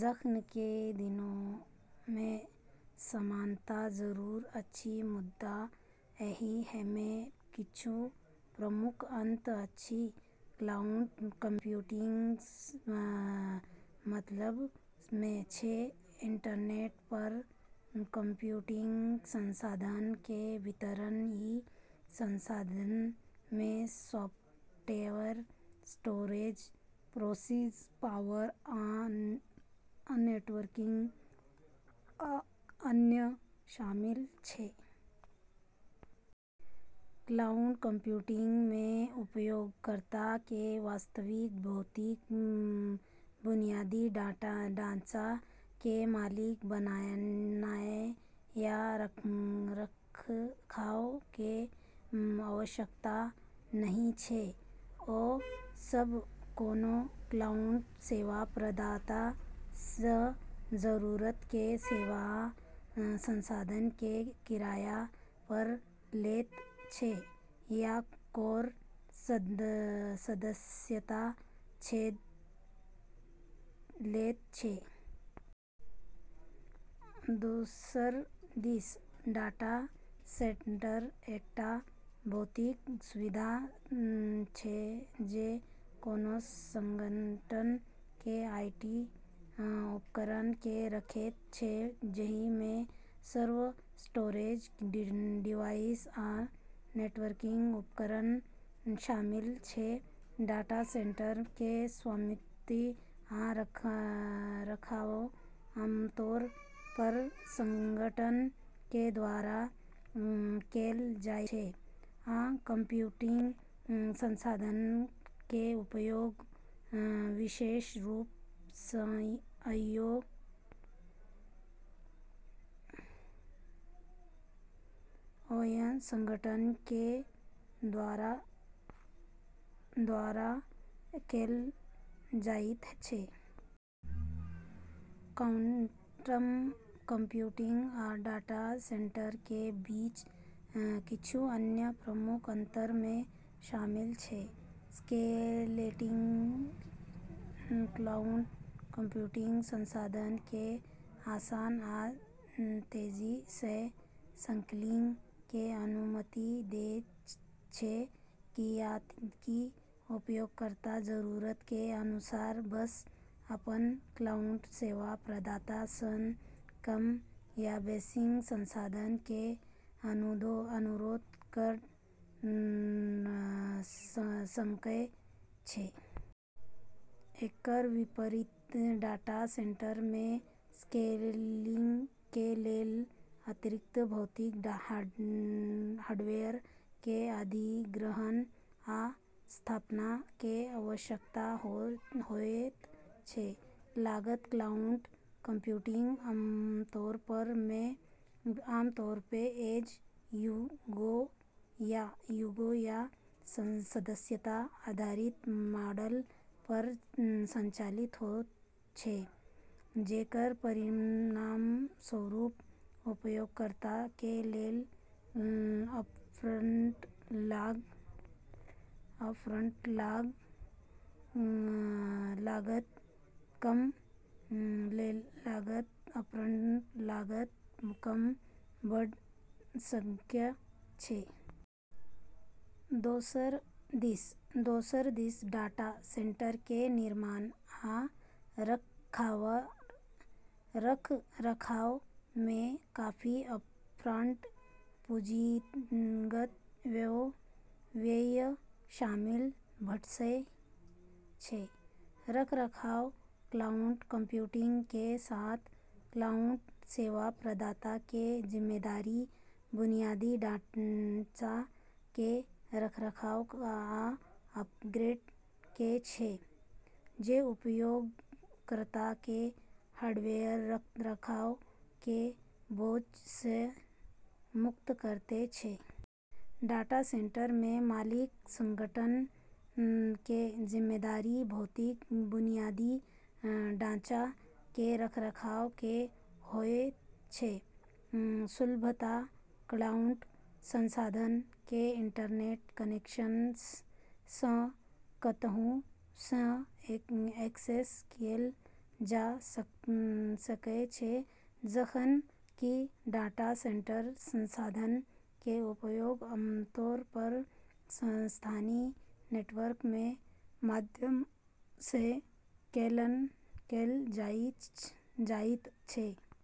जखन कि दुनू मे समानता जरूर अछि, मुदा एहि मे किछु प्रमुख अंतर अछि। क्लाउड कंप्यूटिंग सँ मतलब छै इंटरनेट पर कंप्यूटिंग संसाधन के वितरण। ई संसाधन मे सॉफ्टवेयर, स्टोरेज, प्रोसेसिंग पावर, आ नेटवर्किंग, आ अन्य शामिल छै। क्लाउड कंप्यूटिंग मे, उपयोगकर्ता के वास्तविक भौतिक बुनियादी ढाँचा के मालिक बननाय या रखरखाव के आवश्यकता नहि छै; ओ बस कोनों क्लाउड सेवा प्रदाता सँ जरूरत के सेवा आ संसाधन के किराया पर लैत छै या ओकर सदस्यता लैत छै। दोसर दिस, डाटा सेंटर एकटा भौतिक सुविधा छै जे कोनों संगठन के आईटी उपकरण के रखैत छै, जहि मे सर्वर, स्टोरेज डिवाइस आ नेटवर्किंग उपकरण शामिल छै। डाटा सेंटर के स्वामित्व आ रखरखाव आमतौर पर संगठन के द्वारा कैल जाइत छै, आ कंप्यूटिंग संसाधन के उपयोग विशेष रूप सँ ओय संगठन के द्वारा कैल जाइत छै। क्वांटम कंप्यूटिंग आ डाटा सेंटर के बीच किछु अन्य प्रमुख अंतर मे शामिल छै: स्केलेबिलिटी: क्लाउड कंप्यूटिंग संसाधन के आसान आ तेजी सँ स्केलिंग के अनुमति देयत छै, कियाकि उपयोगकर्ता जरूरत के अनुसार बस अपन क्लाउड सेवा प्रदाता सँ कम या बेसि संसाधन के अनुरोध कऽ सकय छै। एकर विपरीत, डाटा सेंटर मे स्केलिंग के लेल अतिरिक्त भौतिक हार्डवेयर के अधिग्रहण आ स्थापना के आवश्यकता होयत छै। लागत: क्लाउड कंप्यूटिंग आमतौर पर पे-एज-यू-गो या सदस्यता आधारित मॉडल पर संचालित होयत छै, जेकर परिणामस्वरूप उपयोगकर्ता के लेल अपफ्रंट लागत कम भऽ सकय छै। दोसर दिस डाटा सेंटर के निर्माण आ रखरखाव मे काफी अपफ्रंट पूंजीगत व्यय शामिल भऽ सकय छै। रखरखाव: क्लाउड कंप्यूटिंग के साथ क्लाउड सेवा प्रदाता के जिम्मेदारी बुनियादी ढाँचा के रखरखाव आ अपग्रेड के छै, जे उपयोगकर्ता के हार्डवेयर रखरखाव के बोझ सँ मुक्त करैत छै। डाटा सेंटर मे मालिक संगठन के जिम्मेदारी भौतिक बुनियादी ढाँचा के रखरखाव के होयत छै। सुलभता: क्लाउड संसाधन के इंटरनेट कनेक्शन सँ कतहु सँ एक्सेस कैल जा सकय छै, जखन कि डाटा सेंटर संसाधन के उपयोग आमतौर पर स्थानीय नेटवर्क के माध्यम सँ कैल जाइत छै।